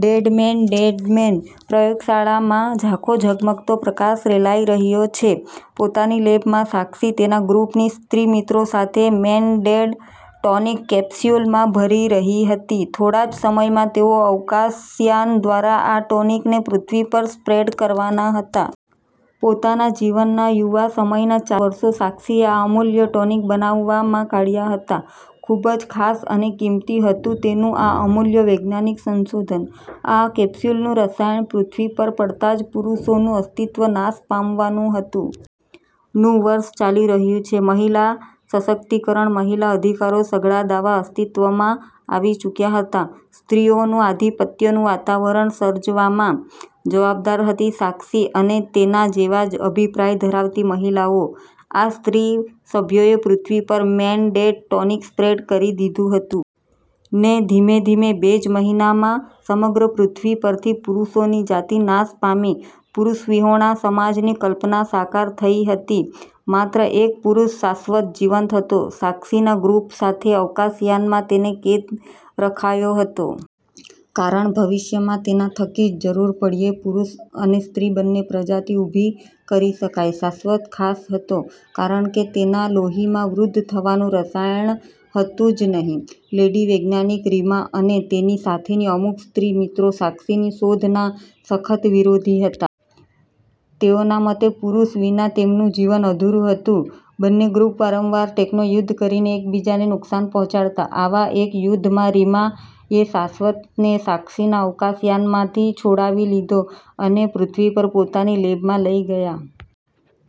Dead man dead man પ્રયોગશાળામાં ઝાંખો ઝગમગતો પ્રકાશ રેલાઈ રહ્યો છે. પોતાની લેબમાં સાક્ષી તેના ગ્રૂપની સ્ત્રીમિત્રો સાથે ' મેન ડેડ ' ટોનિક કેપસ્યુલ માં ભરી રહી હતી. થોડા જ સમયમાં તેઓ અવકાશયાન દ્વારા આ ટોનિક ને પૃથ્વી પર સ્પ્રેડ કરવાના હતા. પોતાના જીવનના યુવા સમયના ચારસો સાક્ષીએ આ અમૂલ્ય ટોનિક બનાવવામાં કાઢ્યા હતા. ખૂબ જ ખાસ અને કિંમતી હતું તેનું આ અમૂલ્ય વૈજ્ઞાનિક સંશોધન. આ કેપ્સ્યુલનું રસાયણ પૃથ્વી પર પડતાં જ પુરુષોનું અસ્તિત્વ નાશ પામવાનું હતું. નું વર્ષ ચાલી રહ્યું છે. મહિલા સશક્તિકરણ, મહિલા અધિકારો સઘળાં દાવા અસ્તિત્વ માં આવી ચૂક્યા હતા. સ્ત્રીઓનું આધિપત્યનું વાતાવરણ સર્જવામાં જવાબદાર હતી સાક્ષી અને તેના જેવાજ અભિપ્રાય ધરાવતી મહિલાઓ. આ સ્ત્રી સભ્યોએ પૃથ્વી પર મેન ડેડ ટોનિક સ્પ્રેડ કરી દીધું હતું. ને ધીમે ધીમે બે જ મહિનામાં સમગ્ર પૃથ્વી પરથી પુરુષોની જાતિ નાશ પામી. પુરુષ વિહોણા સમાજની કલ્પના સાકાર થઈ હતી. માત્ર એક પુરુષ ' શાશ્વત ' જીવંત હતો. સાક્ષી ના ગ્રુપ સાથે અવકાશયાન માં તેને કેદ રખાયો હતો. કારણ ભવિષ્યમાં તેના થકી જ જરૂર પડ્યે પુરુષ અને સ્ત્રી બન્ને પ્રજાતિ ઊભી કરી શકાય. શાશ્વત ખાસ હતો કારણ તેનાં લોહીમાં વૃદ્ધ થવાનું રસાયણ હતું જ નહિ. લેડી વૈજ્ઞાનિક રીમા અને તેની સાથેની અમુક સ્ત્રી મિત્રો સાક્ષીની શોધ ના સખત વિરોધી હતા. તેઓ ના મતે પુરુષ વિના તેમનું જીવન અધુરુ હતું. બન્ને ગ્રુપ વારંવાર ટેકનોયુદ્ધ કરીને એકબીજા ને નુકસાન પહોંચાડતા. આવા એક યુદ્ધ માં રીમા એ શાશ્વત ને સાક્ષીના અવકાશયાનમાંથી છોડાવી લીધો. અને પૃથ્વી પર પોતાની લેબમાં લઈ ગયા.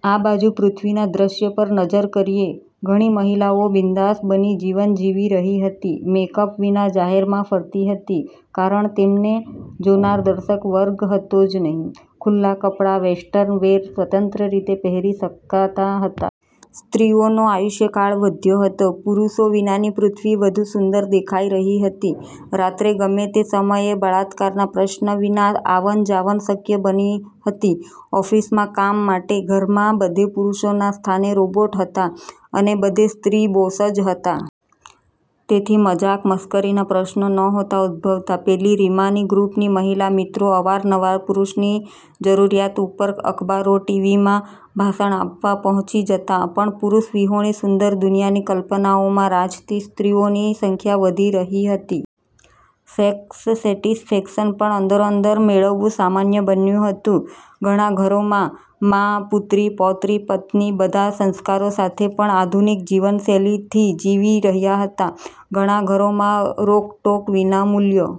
આ બાજુ પૃથ્વીના દ્રશ્ય પર નજર કરીએ. ઘણી મહિલાઓ બિન્દાસ બની જીવન જીવી રહી હતી. મેકઅપ વિના જાહેરમાં ફરતી હતી કારણ તેમને જોનાર દર્શક વર્ગ હતો જ નહિ. ખુલ્લા કપડાં, વેસ્ટર્ન વેર સ્વતંત્ર રીતે પહેરી શકાતા હતા. સ્ત્રીઓનો આયુષ્ય કાળ વધ્યો હતો. પુરુષો વિનાની પૃથ્વી વધુ સુંદર દેખાઈ રહી હતી. રાત્રે ગમે તે સમયે બળાત્કારના પ્રશ્ન વિના આવન જાવન શક્ય બની હતી. ઑફિસમાં કામ માટે, ઘરમાં બધે પુરુષોના સ્થાને રોબોટ હતા અને બધે સ્ત્રી બોસ જ હતા. તેથી મજાક મશ્કરી ના પ્રશ્નો નહોતા ઉદભવતા. પેલી રીમાના ગ્રુપની મહિલા મિત્રો અવારનવાર પુરુષની જરૂરિયાત ઉપર અખબારો, ટીવી માં ભાષણ આપવા પહોંચી જતા પણ પુરુષ વિહોણી સુંદર દુનિયાની કલ્પનાઓમાં રાચતી સ્ત્રીઓની સંખ્યા વધી રહી હતી. સેક્સ સેટિસફેકશન પણ અંદરોઅંદર મેળવવું સામાન્ય બન્યું હતું. ઘણા ઘરોમાં માં, પુત્રી, પૌત્રી, પત્ની, બધા સંસ્કારો સાથે પણ આધુનિક જીવનશૈલીથી જીવી રહ્યા હતા. ઘણા ઘરોમાં રોકટોક વિના, મૂલ્યો